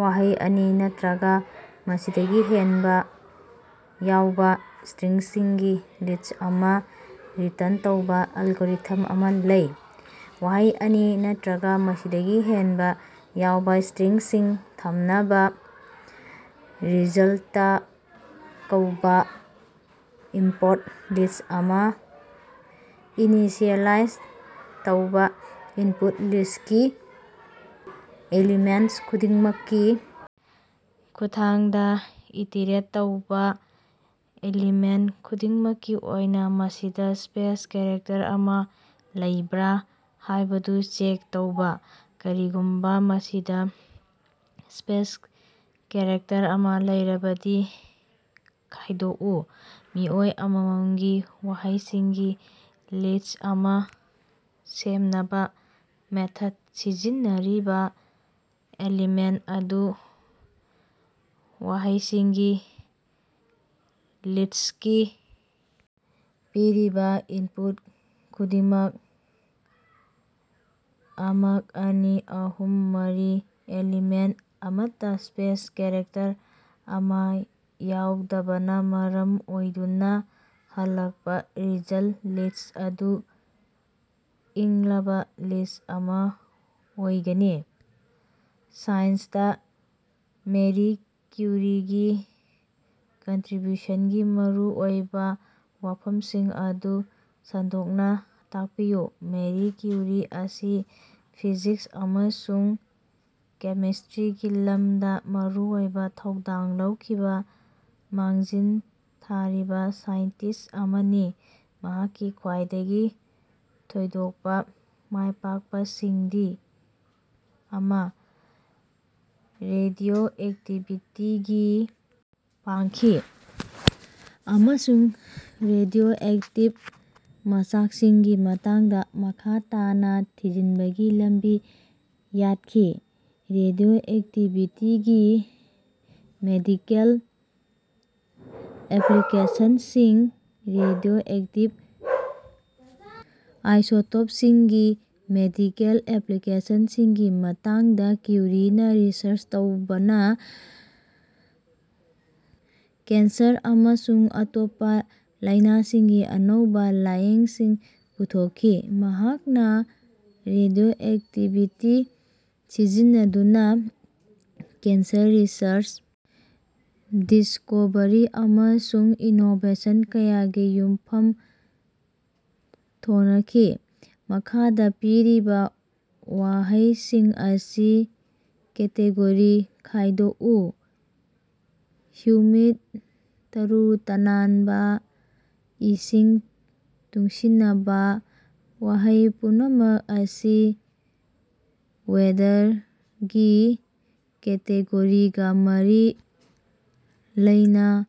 ꯋꯥꯍꯩ ꯑꯅꯤ ꯅꯠꯇꯔꯒ ꯃꯁꯤꯗꯒꯤ ꯍꯦꯟꯕꯥ ꯌꯥꯎꯕ ꯁ꯭ꯇꯔꯤꯡꯁꯤꯡꯒꯤ ꯂꯤꯁꯠ ꯑꯃ ꯔꯤꯇꯔꯟ ꯇꯧꯕ ꯑꯦꯜꯒꯣꯔꯤꯊꯝ ꯑꯃ ꯂꯩ꯫ ꯋꯥꯍꯩ ꯑꯅꯤ ꯅꯠꯇꯔꯒꯥ ꯃꯁꯤꯗꯒꯤ ꯍꯦꯟꯕ ꯌꯥꯎꯕ ꯁ꯭ꯇꯔꯤꯡꯁꯤꯡ ꯊꯝꯅꯕ ꯔꯤꯖꯜꯇ ꯀꯧꯕ ꯏꯝꯄꯣꯔꯠ ꯂꯤꯁꯠ ꯑꯃꯥ ꯏꯅꯤꯁꯤꯑꯦꯂꯥꯏꯖ ꯇꯧꯕꯥ ꯏꯟꯄꯨꯠ ꯂꯤꯁꯇꯀꯤ ꯑꯦꯂꯤꯃꯦꯟꯇ ꯈꯨꯗꯤꯡꯃꯛꯀꯤ ꯈꯨꯠꯊꯥꯡꯗꯥ ꯏꯇꯤꯔꯦꯠ ꯇꯧꯕ ꯑꯦꯂꯤꯃꯦꯟꯇ ꯈꯨꯗꯤꯡꯃꯛꯀꯤ ꯑꯣꯏꯅ, ꯃꯁꯤꯗ ꯁ꯭ꯄꯦꯁ ꯀꯦꯔꯦꯛꯇꯔ ꯑꯃꯥ ꯂꯩꯕ꯭ꯔꯥ ꯍꯥꯏꯕꯗꯨ ꯆꯦꯛ ꯇꯧꯕꯥ ꯀꯔꯤꯒꯨꯝꯕꯥ ꯃꯁꯤꯗꯥ ꯁ꯭ꯄꯦꯁ ꯀꯦꯔꯦꯛꯇꯔ ꯑꯃꯥ ꯂꯩꯔꯕꯗꯤ, ꯈꯥꯏꯗꯣꯛꯎ꯫ ꯃꯤꯑꯣꯏ ꯑꯃꯃꯝꯒꯤ ꯋꯥꯍꯩꯁꯤꯡꯒꯤ ꯂꯤꯁꯠ ꯑꯃ ꯁꯦꯝꯅꯕ ꯃꯦꯊꯗ ꯁꯤꯖꯤꯟꯅꯔꯤꯕꯥ ꯑꯦꯂꯤꯃꯦꯟꯇ ꯑꯗꯨ ꯋꯥꯍꯩꯁꯤꯡꯒꯤ ꯂꯤꯁꯇꯀꯤ ꯄꯤꯔꯤꯕꯥ ꯏꯟꯄꯨꯠ ꯑꯗꯨꯒꯤꯗꯃꯛ, "ꯑꯃꯛ", "ꯑꯅꯤ", "ꯑꯍꯨꯝ", "ꯃꯔꯤ", ꯑꯦꯂꯤꯃꯦꯟꯇ ꯑꯃꯠꯇꯥ ꯁ꯭ꯄꯦꯁ ꯀꯦꯔꯦꯛꯇꯔ ꯑꯃꯥ ꯌꯥꯎꯗꯕꯅꯥ ꯃꯔꯝ ꯑꯣꯏꯗꯨꯅꯥ, ꯍꯜꯂꯛꯄꯥ ꯔꯤꯖꯜꯇ ꯂꯤꯁꯠ ꯑꯗꯨ꯫ ꯏꯪꯂꯕꯥ ꯂꯤꯁꯠ ꯑꯃ ꯑꯣꯏꯒꯅꯤ꯫ ꯁꯥꯏꯟꯁꯇꯥ ꯃꯦꯔꯤ ꯀ꯭ꯌꯨꯔꯤꯒꯤ ꯀꯟꯇꯔꯤꯕ꯭ꯌꯨꯁꯟꯒꯤ ꯃꯔꯨꯑꯣꯏꯕꯥ ꯋꯥꯐꯝꯁꯤꯡ ꯑꯗꯨ ꯁꯟꯗꯣꯛꯅ ꯇꯥꯛꯄꯤꯌꯨ꯫ ꯃꯦꯔꯤ ꯀ꯭ꯌꯨꯔꯤ ꯑꯁꯤ ꯐꯤꯖꯤꯛꯁ ꯑꯃꯁꯨꯡ ꯀꯦꯃꯤꯁ꯭ꯇꯔꯤꯒꯤ ꯂꯝꯗꯥ ꯃꯔꯨꯑꯣꯏꯕ ꯊꯧꯗꯥꯡ ꯂꯧꯈꯤꯕꯥ ꯃꯥꯡꯖꯤꯜ ꯊꯥꯔꯤꯕꯥ ꯁꯥꯏꯟꯇꯤꯁꯠ ꯑꯃꯅꯤ꯫ ꯃꯍꯥꯛꯀꯤ ꯈ꯭ꯋꯥꯏꯗꯒꯤ ꯊꯣꯏꯗꯣꯛꯄꯥ ꯃꯥꯏꯄꯥꯛꯄꯁꯤꯡꯗꯤ: ꯑꯃ. ꯔꯦꯗꯤꯑꯣꯑꯦꯛꯇꯤꯚꯤꯇꯤꯒꯤ ꯄꯥꯡꯈꯤ ꯑꯃꯁꯨꯡ ꯔꯦꯗꯤꯑꯣꯑꯦꯛꯇꯤꯚ ꯃꯆꯥꯛꯁꯤꯡꯒꯤ ꯃꯇꯥꯡꯗꯥ ꯃꯈꯥ ꯇꯥꯅ ꯊꯤꯖꯤꯟꯕꯒꯤ ꯂꯝꯕꯤ ꯌꯥꯠꯈꯤ꯫ ꯔꯦꯗꯤꯑꯣꯑꯦꯛꯇꯤꯚꯤꯇꯤꯒꯤ ꯃꯦꯗꯤꯀꯦꯜ ꯑꯦꯄꯂꯤꯀꯦꯁꯟꯁꯤꯡ: ꯔꯦꯗꯤꯑꯣꯑꯦꯛꯇꯤꯚ ꯑꯥꯏꯁꯣꯇꯣꯄꯁꯤꯡꯒꯤ ꯃꯦꯗꯤꯀꯦꯜ ꯑꯦꯄꯂꯤꯀꯦꯁꯟꯁꯤꯡꯒꯤ ꯃꯇꯥꯡꯗꯥ ꯀ꯭ꯌꯨꯔꯤꯅꯥ ꯔꯤꯁꯔꯆ ꯇꯧꯕꯅꯥ ꯀꯦꯟꯁꯔ ꯑꯃꯁꯨꯡ ꯑꯇꯣꯞꯄꯥ ꯂꯥꯏꯅꯥꯁꯤꯡꯒꯤ ꯑꯅꯧꯕꯥ ꯂꯥꯌꯦꯡꯁꯤꯡ ꯄꯨꯊꯣꯛꯈꯤ꯫ ꯃꯍꯥꯛꯅꯥ ꯔꯦꯗꯤꯑꯣꯑꯦꯛꯇꯤꯚꯤꯇꯤ ꯁꯤꯖꯤꯟꯅꯗꯨꯅꯥ ꯀꯦꯟꯁꯔ ꯔꯤꯁꯔꯆ ꯗꯤꯁꯀꯣꯕꯔꯤ ꯑꯃꯁꯨꯡ ꯏꯅꯣꯕꯦꯁꯟ ꯀꯌꯥꯒꯤ ꯌꯨꯝꯐꯝ ꯊꯣꯅꯈꯤ꯫ ꯃꯈꯥꯗꯥ ꯄꯤꯔꯤꯕꯥ ꯋꯥꯍꯩꯁꯤꯡ ꯑꯁꯤ ꯀꯦꯇꯦꯒꯣꯔꯤ ꯈꯥꯏꯗꯣꯛꯎ: ꯍꯨꯃꯤꯗ, ꯇꯔꯨ-ꯇꯅꯥꯅꯕꯥ, ꯏꯁꯤꯡ ꯇꯨꯡꯁꯤꯅꯕꯥ꯫ ꯋꯥꯍꯩ ꯄꯨꯝꯅꯃꯛ ꯑꯁꯤ ꯋꯦꯗꯔ"ꯒꯤ ꯀꯦꯇꯦꯒꯣꯔꯤꯒꯥ ꯃꯔꯤ ꯂꯩꯅꯩ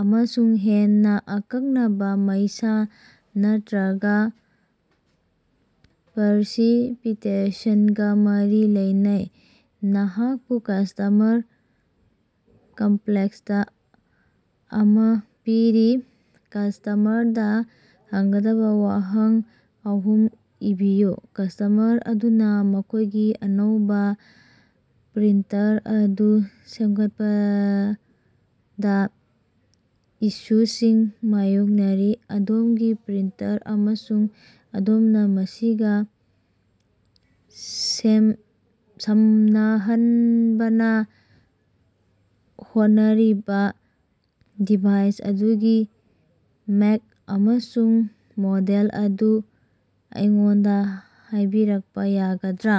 ꯑꯃꯁꯨꯡ ꯍꯦꯟꯅꯥ ꯑꯀꯛꯅꯕ "ꯃꯩꯁꯥ" ꯅꯠꯇꯔꯒꯥ "ꯄ꯭ꯔꯁꯤꯄꯤꯇꯦꯁꯟ"ꯒꯥ ꯃꯔꯤ ꯂꯩꯅꯩ꯫ ꯅꯍꯥꯛꯄꯨ ꯀꯁ꯭ꯇꯃꯔ ꯀꯝꯄꯂꯦꯟꯇ ꯑꯃꯥ ꯄꯤꯔꯤ꯫ ꯀꯁ꯭ꯇꯃꯔꯗꯥ ꯍꯪꯒꯗꯕꯥ ꯋꯥꯍꯪ ꯑꯍꯨꯝ ꯏꯕꯤꯌꯨ꯫ ꯀꯁ꯭ꯇꯃꯔ ꯑꯗꯨꯅꯥ ꯃꯈꯣꯏꯒꯤ ꯑꯅꯧꯕꯥ ꯄ꯭ꯔꯤꯟꯇꯔ ꯑꯗꯨ ꯁꯦꯝꯒꯠꯄꯗꯥ ꯏꯁꯨꯁꯤꯡ ꯃꯥꯌꯣꯛꯅꯔꯤ꯫ ꯑꯗꯣꯝꯒꯤ ꯄ꯭ꯔꯤꯟꯇꯔ ꯑꯃꯁꯨꯡ ꯑꯗꯣꯝꯅꯥ ꯃꯁꯤꯒꯥ ꯁꯦꯝ ꯁꯝꯅꯍꯟꯕꯥꯅ ꯍꯣꯠꯅꯔꯤꯕꯥ ꯗꯤꯚꯥꯏꯁ ꯑꯗꯨꯒꯤ ꯃꯦꯛ ꯑꯃꯁꯨꯡ ꯃꯣꯗꯦꯜ ꯑꯗꯨ ꯑꯩꯉꯣꯟꯗꯥ ꯍꯥꯏꯕꯤꯔꯛꯄꯥ ꯌꯥꯒꯗ꯭ꯔꯥ?